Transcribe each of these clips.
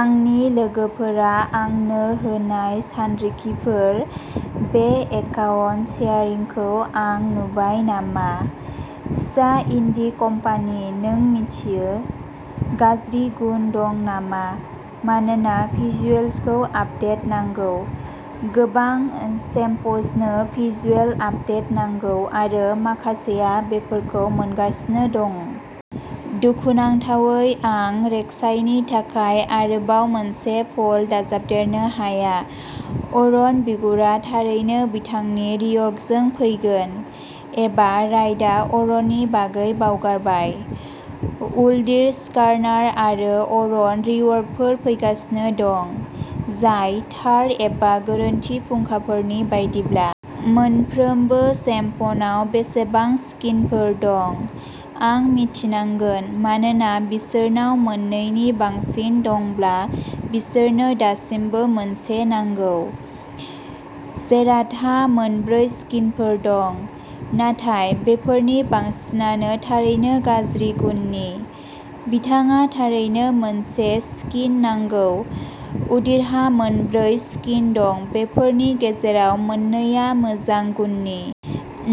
आंनि लोगोफोरा आंनो होनाय सानरिखिफोर बे एकाउन्ट सेयारिंखौ आं नुबाय नामा? फिसा इन्डी कम्पानि, नों मिथियो? गाज्रि गुन दं नामा मानोना भिजुअल्सखौ आपदेट नांगौ। गोबां चेम्प्सनो भिजुअल आपदेट नांगौ आरो माखासेआ बेफोरखौ मोनगासिनो दं। दुखुनांथावै आं रेक-साइनि थाखाय आरोबाव मोनसे प'ल दाजाबदेरनो हाया। अरन बिगुरा थारैनो बिथांनि रि-वर्कजों फैगोन। एबा रायटआ अरननि बागै बावगारबाय। उल्डिर, स्कार्नार आरो अरनाव रि-वर्कफोर फैगासिनो दं जाय थार एबा गोरोन्थि फुंखाफोरनि बायदिब्ला। मोनफ्रोमबो चेम्पनाव बेसेबां स्किनफोर दं? आं मिन्थिनांगोन मानोना बिसोरनाव मोन नै नि बांसिन दंब्ला बिसोरनो दासिमबो मोनसे नांगौ। जेराथहा मोन ब्रै स्किनफोर दं, नाथाय बेफोरनि बांसिनानो थारैनो गाज्रि गुननि, बिथाङा थारैनो मोनसे स्किन नांगौ उदिरहा मोन ब्रै स्किनफोर दं, बेफोरनि गेजेराव मोन नै आ मोजां गुननि।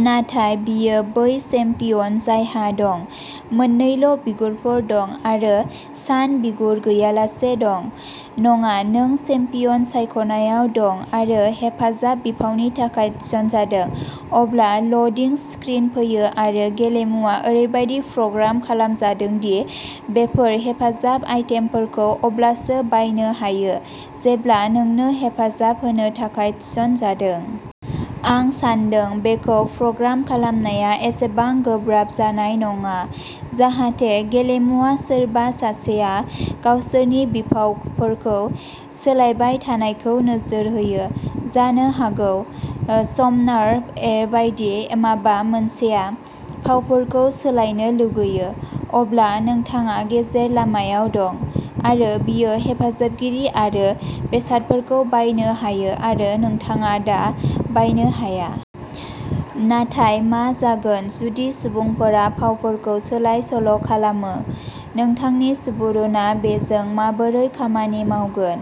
नाथाय बियो बै चेम्पियन जायहा दं। मोन नैल' बिगुरफोर दं आरो सान बिगुर गैयालासे दं। नङा, नों चेम्पियन सायख'नायाव दं आरो हेफाजाब बिफावनि थाखाय थिसनजादों, अब्ला ल'डिं स्क्रिन फैयो आरो गेलेमुआ ओरैबादि प्रग्राम खालामजादों दि बेफोर हेफाजाब आइटेमफोरखौ अब्लासो बायनो हायो जेब्ला नोंनो हेफाजाब होनो थाखाय थिसनजादों। आं सान्दों बेखौ प्रग्राम खालामनाया एसेबां गोब्राब जानाय नङा जाहाथे गेलेमुआ सोरबा सासेआ गावसोरनि बिफावफोरखौ सोलायबाय थानायखौ नोजोर होयो। जानो हागौ समनार ए बायदि माबा मोनसेआ फावफोरखौ सोलायनो लुगैयो। अब्ला नोंथाङा गेजेर लामायाव दं आरो बियो हेफाजाबगिरि आरो बेसादफोरखौ बायनो हायो आरो नोंथाङा दा बायनो हाया। नाथाय मा जागोन जुदि सुबुंफोरा फावफोरखौ सोलाय-सोल' खालामो, नोंथांनि सुबुरुनआ बेजों माबोरै खामानि मावगोन?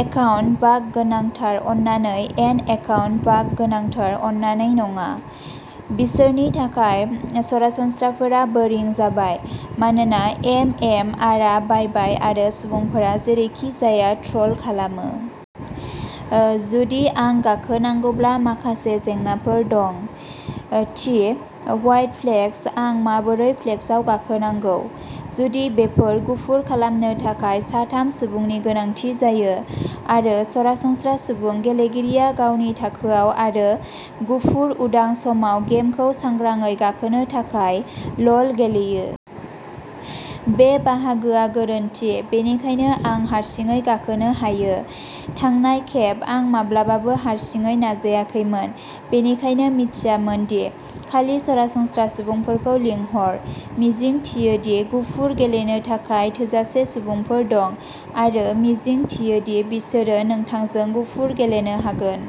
एकाउन्ट बाग गोनांथार अन्नानै इन एकाउन्ट बाग गोनांथार अन्नानै नङा, बिसोरनि थाखाय सरासनस्राफोरा बोरिं जाबाय, मानोना एम एम आरआ बायबाय आरो सुबुंफोरा जेरैखि जाया ट्र'ल खालामो। जुदि आं गाखोनांगौब्ला माखासे जेंनाफोर दं, थि व्हाइट फ्लेक्स आं माबोरै फ्लेक्सआव गाखोनांगौ, जुदि बेखौ गुफुर खालामनो थाखाय सा थाम सुबुंनि गोनांथि जायो आरो सरासनस्रा सुबुं गेलेगिरिया गावनि थाखोआव आरो गुफुर उदां समाव गेमखौ सांग्रांयै गाखोनो थाखाय ल'ल गेलेयो। बे बाहागोआ गोरोन्थि बेनिखायनो आं हारसिङै गाखोनो हायो, थांनाय खेब आं माब्लाबाबो हारसिङै नाजायाखैमोन बेनिखायनो मिथियामोन दि खालि सरासनस्रा सुबुंफोरखौ लिंहर, मिजिंथियो दि गुफुर गेलेनो थाखाय थोजासे सुबुंफोर दं। आरो मिजिंथियो दि बिसोरो नोंथांजों गुफुर गेलेनो हागोन।